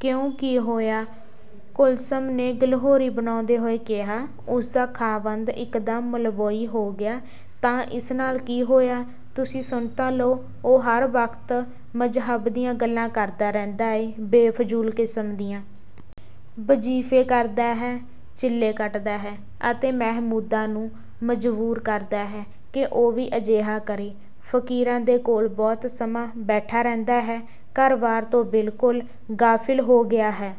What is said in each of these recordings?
ਕਿਉਂ ਕੀ ਹੋਇਆ? ਕੁਲਸੁਮ ਨੇ ਗਿਲੋਰੀ ਬਣਾਉਂਦੇ ਹੋਏ ਕਿਹਾ। "ਉਸ ਦਾ ਖ਼ਾਵੰਦ ਇੱਕ ਦਮ ਮੌਲਵੀ ਹੋ ਗਿਆ ਹੈ। " "ਤਾਂ ਇਸ ਨਾਲ ਕੀ ਹੋਇਆ? " "ਤੁਸੀਂ ਸੁਣ ਤਾਂ ਲਉ, ਉਹ ਹਰ ਵਕਤ ਮਜ਼ਹਬ ਦੀਆਂ ਗੱਲਾਂ ਕਰਦਾ ਰਹਿੰਦਾ ਹੈ, ਬੇਫਜੂਲ ਕਿਸਮ ਦੀਆਂ। ਵਜ਼ੀਫ਼ੇ ਕਰਦਾ ਹੈ, ਚਿੱਲੇ ਕੱਟਦਾ ਹੈ ਅਤੇ ਮਹਿਮੂਦਾ ਨੂੰ ਮਜਬੂਰ ਕਰਦਾ ਹੈ ਕਿ ਉਹ ਵੀ ਅਜਿਹਾ ਕਰੇ। ਫ਼ਕੀਰਾਂ ਦੇ ਕੋਲ ਬਹੁਤ ਸਮਾਂ ਬੈਠਾ ਰਹਿੰਦਾ ਹੈ। ਘਰ ਵਾਰ ਤੋਂ ਬਿਲਕੁਲ ਗ਼ਾਫਿਲ ਹੋ ਗਿਆ ਹੈ।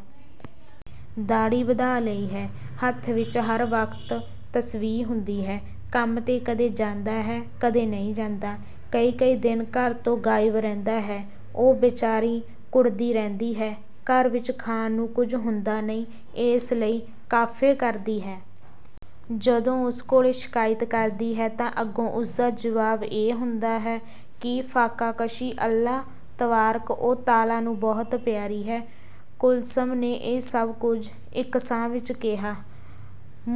"ਦਾੜ੍ਹੀ ਵਧਾ ਲਈ ਹੈ। ਹੱਥ ਵਿੱਚ ਹਰ ਵਕਤ ਤਸਬੀਹ ਹੁੰਦੀ ਹੈ। ਕੰਮ ਤੇ ਕਦੇ ਜਾਂਦਾ ਹੈ, ਕਦੇ ਨਹੀਂ ਜਾਂਦਾ। ਕਈ-ਕਈ ਦਿਨ ਘਰ ਤੋਂ ਗਾਇਬ ਰਹਿੰਦਾ ਹੈ। ਉਹ ਬੇਚਾਰੀ ਕੁੜ੍ਹਦੀ ਰਹਿੰਦੀ ਹੈ। ਘਰ ਵਿੱਚ ਖਾਣ ਨੂੰ ਕੁੱਝ ਹੁੰਦਾ ਨਹੀਂ, ਇਸ ਲਈ ਫ਼ਾਕੇ ਕਰਦੀ ਹੈ। ਜਦੋਂ ਉਸ ਕੋਲ ਸ਼ਿਕਾਇਤ ਕਰਦੀ ਹੈ ਤਾਂ ਅੱਗੋਂ ਉਸਦਾ ਜਵਾਬ ਇਹ ਹੁੰਦਾ ਹੈ ਕਿ ਫ਼ਾਕਾਕਸ਼ੀ ਅੱਲ੍ਹਾ ਤਬਾਰਕ-ਓ-ਤਾਲਾ ਨੂੰ ਬਹੁਤ ਪਿਆਰੀ ਹੈ। "ਕੁਲਸੁਮ ਨੇ ਇਹ ਸਭ ਕੁੱਝ ਇੱਕ ਸਾਹ ਵਿੱਚ ਕਿਹਾ।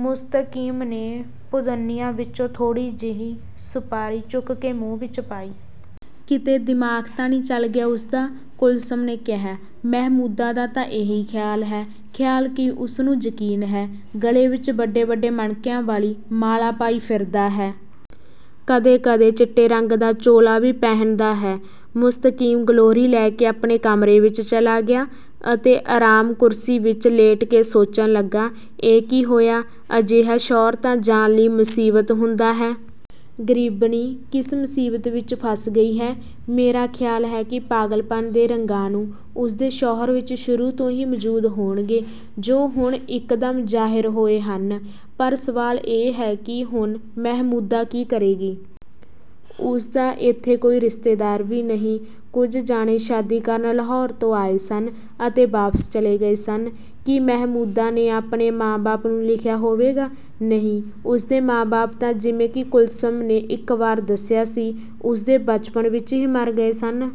ਮੁਸਤਕੀਮ ਨੇ ਪੰਦਨੀਆ ਵਿੱਚੋਂ ਥੋੜ੍ਹੀ ਜਹੀ ਸੁਪਾਰੀ ਚੁੱਕ ਕੇ ਮੂੰਹ ਵਿੱਚ ਪਾਈ। "ਕਿਤੇ ਦਿਮਾਗ਼ ਤਾਂ ਨਹੀਂ ਚੱਲ ਗਿਆ ਉਸ ਦਾ? " ਕੁਲਸੁਮ ਨੇ ਕਿਹਾ। "ਮਹਿਮੂਦਾ ਦਾ ਤਾਂ ਇਹੀ ਖ਼ਿਆਲ ਹੈ। ਖ਼ਿਆਲ ਕੀ, ਉਸ ਨੂੰ ਯਕੀਨ ਹੈ। ਗਲੇ ਵਿੱਚ ਵੱਡੇ-ਵੱਡੇ ਮਣਕਿਆਂ ਵਾਲੀ ਮਾਲਾ ਪਾਈ ਫਿਰਦਾ ਹੈ। ਕਦੇ-ਕਦੇ ਚਿੱਟੇ ਰੰਗ ਦਾ ਚੋਲਾ ਵੀ ਪਹਿਨਦਾ ਹੈ। "ਮੁਸਤਕੀਮ ਗਿਲੋਰੀ ਲੈ ਕੇ ਆਪਣੇ ਕਮਰੇ ਵਿੱਚ ਚਲਾ ਗਿਆ ਅਤੇ ਆਰਾਮ ਕੁਰਸੀ ਵਿੱਚ ਲੇਟ ਕੇ ਸੋਚਣ ਲਗਾ। "ਇਹ ਕੀ ਹੋਇਆ? ਅਜਿਹਾ ਸ਼ੌਹਰ ਤਾਂ ਜਾਨ ਲਈ ਮੁਸੀਬਤ ਹੁੰਦਾ ਹੈ। ਗ਼ਰੀਬਣੀ ਕਿਸ ਮੁਸੀਬਤ ਵਿੱਚ ਫਸ ਗਈ ਹੈ। ਮੇਰਾ ਖ਼ਿਆਲ ਹੈ ਕਿ ਪਾਗਲਪਨ ਦੇ ਰੋਗਾਣੂ ਉਸ ਦੇ ਸ਼ੌਹਰ ਵਿੱਚ ਸ਼ੁਰੂ ਤੋਂ ਹੀ ਮੌਜੂਦ ਹੋਣਗੇ ਜੋ ਹੁਣ ਇੱਕ ਦਮ ਜ਼ਾਹਰ ਹੋਏ ਹਨ। ਪਰ ਸਵਾਲ ਇਹ ਹੈ ਕਿ ਹੁਣ ਮਹਿਮੂਦਾ ਕੀ ਕਰੇਗੀ। ਉਸ ਦਾ ਇੱਥੇ ਕੋਈ ਰਿਸ਼ਤੇਦਾਰ ਵੀ ਨਹੀਂ। ਕੁੱਝ ਜਾਣੇ ਸ਼ਾਦੀ ਕਰਨ ਲਾਹੌਰ ਤੋਂ ਆਏ ਸਨ ਅਤੇ ਵਾਪਸ ਚਲੇ ਗਏ ਸਨ। ਕੀ ਮਹਿਮੂਦਾ ਨੇ ਆਪਣੇ ਮਾਂ-ਬਾਪ ਨੂੰ ਲਿਖਿਆ ਹੋਵੇਗਾ? ਨਹੀਂ, ਉਸ ਦੇ ਮਾਂ ਬਾਪ ਤਾਂ ਜਿਵੇਂ ਕਿਿ ਕੁਲਸੁਮ ਨੇ ਇੱਕ ਵਾਰ ਦਸਿਆ ਸੀ ਉਸ ਦੇ ਬਚਪਨ ਹੀ ਵਿੱਚ ਮਰ ਗਏ ਸਨ।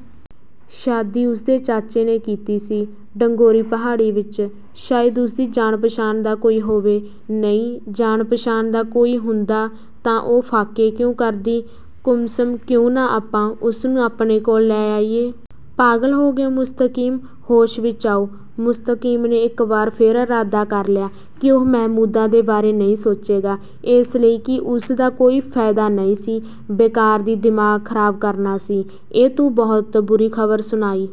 ਸ਼ਾਦੀ ਉਸ ਦੇ ਚਾਚੇ ਨੇ ਕੀਤੀ ਸੀ। ਡੋਂਗਰੀ ਪਹਾੜੀ ਵਿੱਚ ਸ਼ਾਇਦ ਉਸ ਦੀ ਜਾਣ ਪਹਿਚਾਣ ਦਾ ਕੋਈ ਹੋਵੇ। ਨਹੀਂ, ਜਾਣ ਪਹਿਚਾਣ ਦਾ ਕੋਈ ਹੁੰਦਾ ਤਾਂ ਉਹ ਫ਼ਾਕੇ ਕਿਉਂ ਕਰਦੀ? ਕੁਲਸੁਮ ਕਿਉਂ ਨਾ ਆਪਾ ਉਸਨੂੰ ਆਪਣੇ ਕੋਲ ਲੈ ਆਇਏ। ਪਾਗਲ ਹੋ ਗਏ ਹੋ ਮੁਸਤਕੀਮ? ਹੋਸ਼ ਵਿੱਚ ਆਓ। " ਮੁਸਤਕੀਮ ਨੇ ਇੱਕ ਵਾਰ ਫਿਰ ਇਰਾਦਾ ਕਰ ਲਿਆ ਕਿ ਉਹ ਮਹਿਮੂਦਾ ਦੇ ਬਾਰੇ ਨਹੀਂ ਸੋਚੇਗਾ, ਇਸ ਲਈ ਕਿ ਉਸ ਦਾ ਕੋਈ ਫ਼ਾਇਦਾ ਨਹੀਂ ਸੀ, ਬੇਕਾਰ ਦੀ ਦਿਮਾਗ ਖਰਾਬ ਕਰਨਾ ਸੀ। "ਇਹ ਤੂੰ ਬਹੁਤ ਬੁਰੀ ਖ਼ਬਰ ਸੁਣਾਈ।